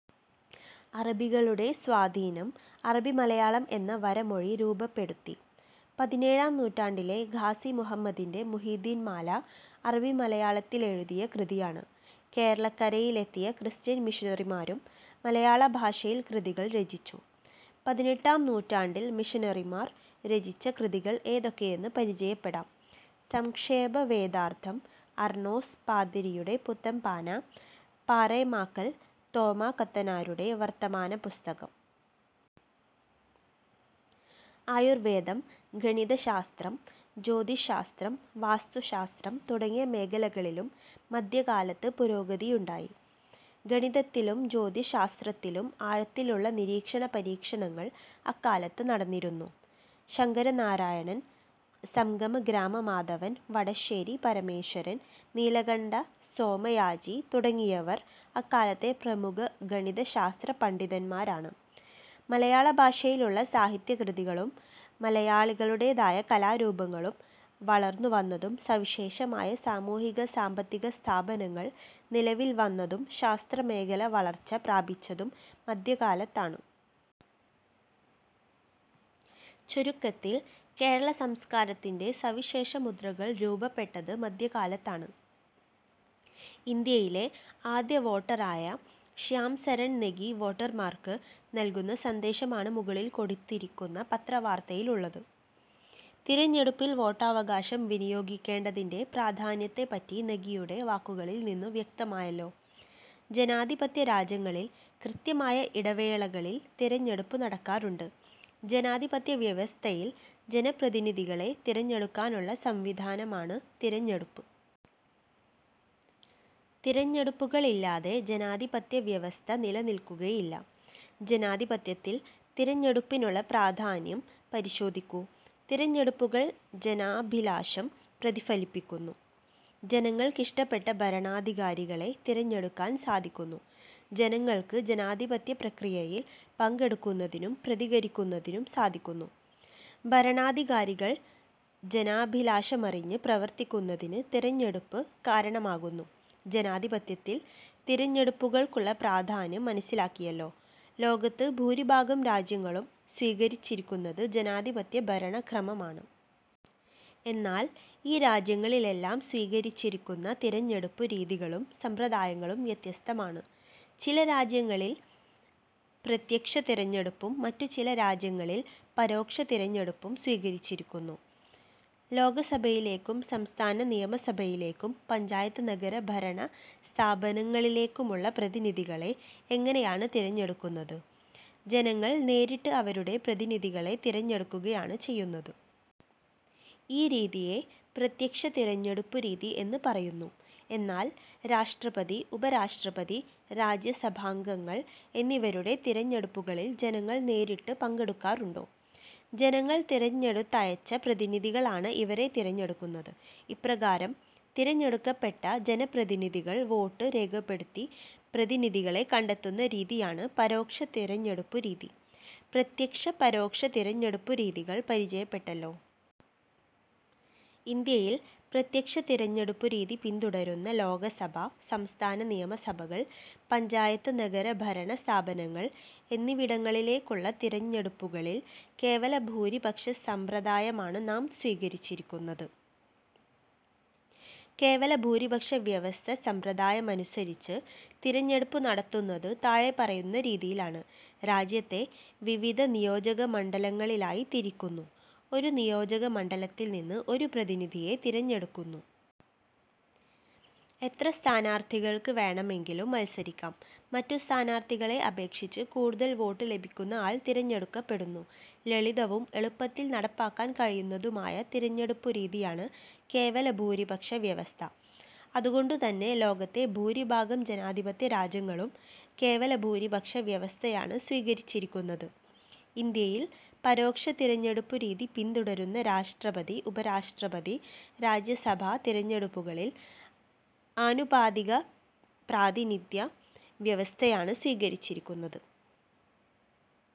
അറബികളുടെ സ്വാധീനം അറബിമലയാളം എന്ന വരമൊഴി രൂപപ്പെടുത്തി. പതിനേഴാം നൂറ്റാണ്ടിലെ ഖാസി മുഹമ്മദിന്റെ മുഹ്യിദ്ദീൻ മാല അറബിമലയാളത്തിലെഴുതിയ കൃതിയാണ്. കേരളക്കരയിലെത്തിയ ക്രിസ്ത്യൻ മിഷണറിമാരും മലയാളഭാഷയിൽ കൃതികൾ രചിച്ചു. പതിനെട്ടാം നൂറ്റാണ്ടിൽ മിഷനറിമാർ രചിച്ച കൃതികൾ ഏതൊക്കെയെന്ന് പരിചയപ്പെടാം. സംക്ഷേപവേദാർഥം, അർണോസ് പാതിരിയുടെ പുത്തൻപാന, പാറേമാക്കൽ തോമാക്കത്തനാരുടെ വർത്തമാനപ്പുസ്തകം. ആയുർവേദം, ഗണിതശാസ്ത്രം, ജ്യോതിശ്ശാസ്ത്രം, വാസ്തു ശാസ്ത്രം തുടങ്ങിയ മേഖലകളിലും മധ്യകാലത്ത് പുരോഗതിയുണ്ടായി. ഗണിതത്തിലും ജ്യോതിശ്ശാസ്ത്രത്തിലും ആഴത്തിലുള്ള നിരീക്ഷണപരീക്ഷണങ്ങൾ അക്കാലത്ത് നടന്നിരുന്നു. ശങ്ക രനാരായണൻ, സംഗമഗ്രാമ മാധവൻ, വടശ്ശേരി പരമേശ്വരൻ, നീലകണ്ഠ സോമയാജി തുടങ്ങിയവർ അക്കാലത്തെ പ്രമുഖ ഗണിത ശാസ്ത്ര പണ്ഡിതന്മാരാണ്. മലയാളഭാഷയിലുള്ള സാഹിത്യകൃതികളും മലയാളിയുടേതായ കലാരൂപങ്ങളും വളർന്നു വന്നതും സവിശേഷമായ സാമൂ ഹിക-സാമ്പത്തിക സ്ഥാപനങ്ങൾ നിലവിൽ വന്നതും ശാസ്ത്ര മേഖല വളർച്ച പ്രാപിച്ചതും മധ്യകാലത്താണ്. ചുരുക്കത്തിൽ, കേരളസംസ്കാരത്തിന്റെ സവിശേഷ മുദ്രകൾ രൂപപ്പെട്ടത് മധ്യ കാലത്താണ്. ഇന്ത്യയിലെ ആദ്യ വോട്ടറായ ശ്യാംസരൺ നെഗി വോട്ടർമാർക്ക് നൽകുന്ന സന്ദേശമാണ് മുകളിൽ കൊടുത്തിരിക്കുന്ന പത്രവാർത്തയിലുള്ളത്. തിരഞ്ഞെടുപ്പിൽ വോട്ടവകാശം വിനിയോഗിക്കേണ്ടതിന്റെ പ്രാധാന്യത്തെപ്പറ്റി നെഗിയുടെ വാക്കുകളിൽ നിന്നു വ്യക്തമായല്ലോ. ജനാധിപത്യരാജ്യങ്ങളിൽ കൃത്യമായ ഇടവേളകളിൽ തിരഞ്ഞെടുപ്പ് നടക്കാറുണ്ട്. ജനാധിപത്യവ്യവസ്ഥയിൽ ജനപ്രതിനിധികളെ തിരഞ്ഞെടുക്കാനുള്ള സംവിധാനമാണ് തിരഞ്ഞെടുപ്പ്. തിരഞ്ഞെടുപ്പുകളില്ലാതെ ജനാധിപത്യവ്യവസ്ഥ നിലനിൽക്കുകയില്ല. ജനാധിപത്യത്തിൽ തിരഞ്ഞെടുപ്പിനുള്ള പ്രാധാന്യം പരിശോധിക്കൂ. തിരഞ്ഞെടുപ്പുകൾ ജനാഭിലാഷം പ്രതിഫലിപ്പിക്കുന്നു. ജനങ്ങൾക്കിഷ്ടപ്പെട്ട ഭരണാധികാരികളെ തിരഞ്ഞെടുക്കാൻ സാധിക്കുന്നു. ജനങ്ങൾക്ക് ജനാധിപത്യ പ്രക്രിയയിൽ പങ്കെടുക്കുന്നതിനും പ്രതികരിക്കുന്നതിനും സാധിക്കുന്നു. ഭരണാധികാരികൾ ജനാഭിലാഷമറിഞ്ഞ് പ്രവർത്തിക്കുന്നതിന് തിരഞ്ഞെടുപ്പ് കാരണമാകുന്നു. ജനാധിപത്യത്തിൽ തിരഞ്ഞെടുപ്പുകൾക്കുള്ള പ്രാധാന്യം മനസ്സിലാക്കിയല്ലോ. ലോകത്ത് ഭൂരിഭാഗം രാജ്യങ്ങളും സ്വീകരിച്ചിരിക്കുന്നത് ജനാധിപത്യ ഭരണക്രമമാണ്. എന്നാൽ ഈ രാജ്യങ്ങളിലെല്ലാം സ്വീകരിച്ചിരിക്കുന്ന തിരഞ്ഞെടുപ്പ് രീതികളും സമ്പ്രദായങ്ങളും വ്യത്യസ്തമാണ്. ചില രാജ്യങ്ങളിൽ പ്രത്യക്ഷ തിരഞ്ഞെടുപ്പും മറ്റു ചില രാജ്യങ്ങളിൽ പരോക്ഷ തിരഞ്ഞെടുപ്പും സ്വീകരിച്ചിരിക്കുന്നു. ലോകസഭയിലേക്കും സംസ്ഥാന നിയമസഭകളിലേക്കും പഞ്ചായത്ത് നഗര ഭരണ സ്ഥാപനങ്ങളിലേക്കുമുള്ള പ്രതിനിധികളെ എങ്ങനെയാണ് തിരഞ്ഞടുക്കുന്നത്? ജനങ്ങൾ നേരിട്ട് അവരുടെ പ്രതിനിധികളെ തിരഞ്ഞെടുക്കുകയാണ് ചെയ്യുന്നത്. ഈ രീതിയെ പ്രത്യക്ഷ തിരഞ്ഞെടുപ്പുരീതി എന്നു പറയുന്നു. എന്നാൽ രാഷ്ട്രപതി, ഉപരാഷ്ട്രപതി, രാജ്യസഭാംഗങ്ങൾ എന്നിവരുടെ തിരഞ്ഞെടുപ്പുകളിൽ ജനങ്ങൾ നേരിട്ട് പങ്കെടുക്കാറുണ്ടോ? ജനങ്ങൾ തിരഞ്ഞെടുത്തയച്ച പ്രതിനിധികളാണ് ഇവരെ തിരഞ്ഞെടുക്കുന്നത്. ഇപ്രകാരം തിരഞ്ഞെടുക്കപ്പെട്ട ജനപ്രതിനിധികൾ വോട്ട് രേഖപ്പെടുത്തി പ്രതിനിധികളെ കണ്ടെത്തുന്ന രീതിയാണ് പരോക്ഷ തിരഞ്ഞെടുപ്പുരീതി. പ്രത്യക്ഷ-പരോക്ഷ തിരഞ്ഞെടുപ്പുരീതികൾ പരിചയപ്പെട്ടല്ലോ. ഇന്ത്യയിൽ പ്രത്യക്ഷ തിരഞ്ഞെടുപ്പുരീതി പിന്തുടരുന്ന ലോകസഭ, സംസ്ഥാന നിയമ സഭകൾ, പഞ്ചായത്ത്-നഗരഭരണ സ്ഥാപനങ്ങൾ എന്നിവിടങ്ങളിലേക്കുള്ള തിരഞ്ഞെടുപ്പുകളിൽ കേവലഭൂരിപക്ഷ സമ്പ്രദായമാണ് നാം സ്വീകരിച്ചിരിക്കുന്നത്. കേവല ഭൂരിപക്ഷ വ്യവസ്ഥ സമ്പ്രദായമനുസരിച്ച് തിരഞ്ഞെടുപ്പ് നടത്തുന്നത് താഴെ പറയുന്ന രീതിയിലാണ്. രാജ്യത്തെ വിവിധ നിയോജകമണ്ഡലങ്ങളായി തിരിക്കുന്നു. ഒരു നിയോജക മണ്ഡലത്തിൽ നിന്ന് ഒരു പ്രതിനിധിയെ തിരഞ്ഞെടുക്കുന്നു. എത്ര സ്ഥാനാർഥികൾക്ക് വേണമെങ്കിലും മത്സരിക്കാം. മറ്റു സ്ഥാനാർഥികളെ അപേക്ഷിച്ച് കൂടുതൽ വോട്ട് ലഭിക്കുന്ന ആൾ തിരഞ്ഞെടുക്കപ്പെടുന്നു. ലളിതവും എളുപ്പത്തിൽ നടപ്പാക്കാൻ കഴിയുന്നതുമായ തിരഞ്ഞെടുപ്പുരീതിയാണ് കേവലഭൂരിപക്ഷവ്യവസ്ഥ. അതുകൊണ്ടുതന്നെ ലോകത്തെ ഭൂരിഭാഗം ജനാധിപ ത്യരാജ്യങ്ങളും കേവലഭൂരിപക്ഷ വ്യവസ്ഥയാണ് സ്വീകരിച്ചിരിക്കുന്നത്. ഇന്ത്യയിൽ പരോക്ഷ തിരഞ്ഞെടുപ്പു രീതി പിന്തുടരുന്ന രാഷ്ട്രപതി, ഉപരാഷ്ട്രപതി, രാജ്യസഭാ തിരഞ്ഞെടുപ്പുകളിൽ ആനുപാതിക പ്രാതിനിധ്യ വ്യവസ്ഥയാണ് സ്വീകരിച്ചിരിക്കുന്നത്.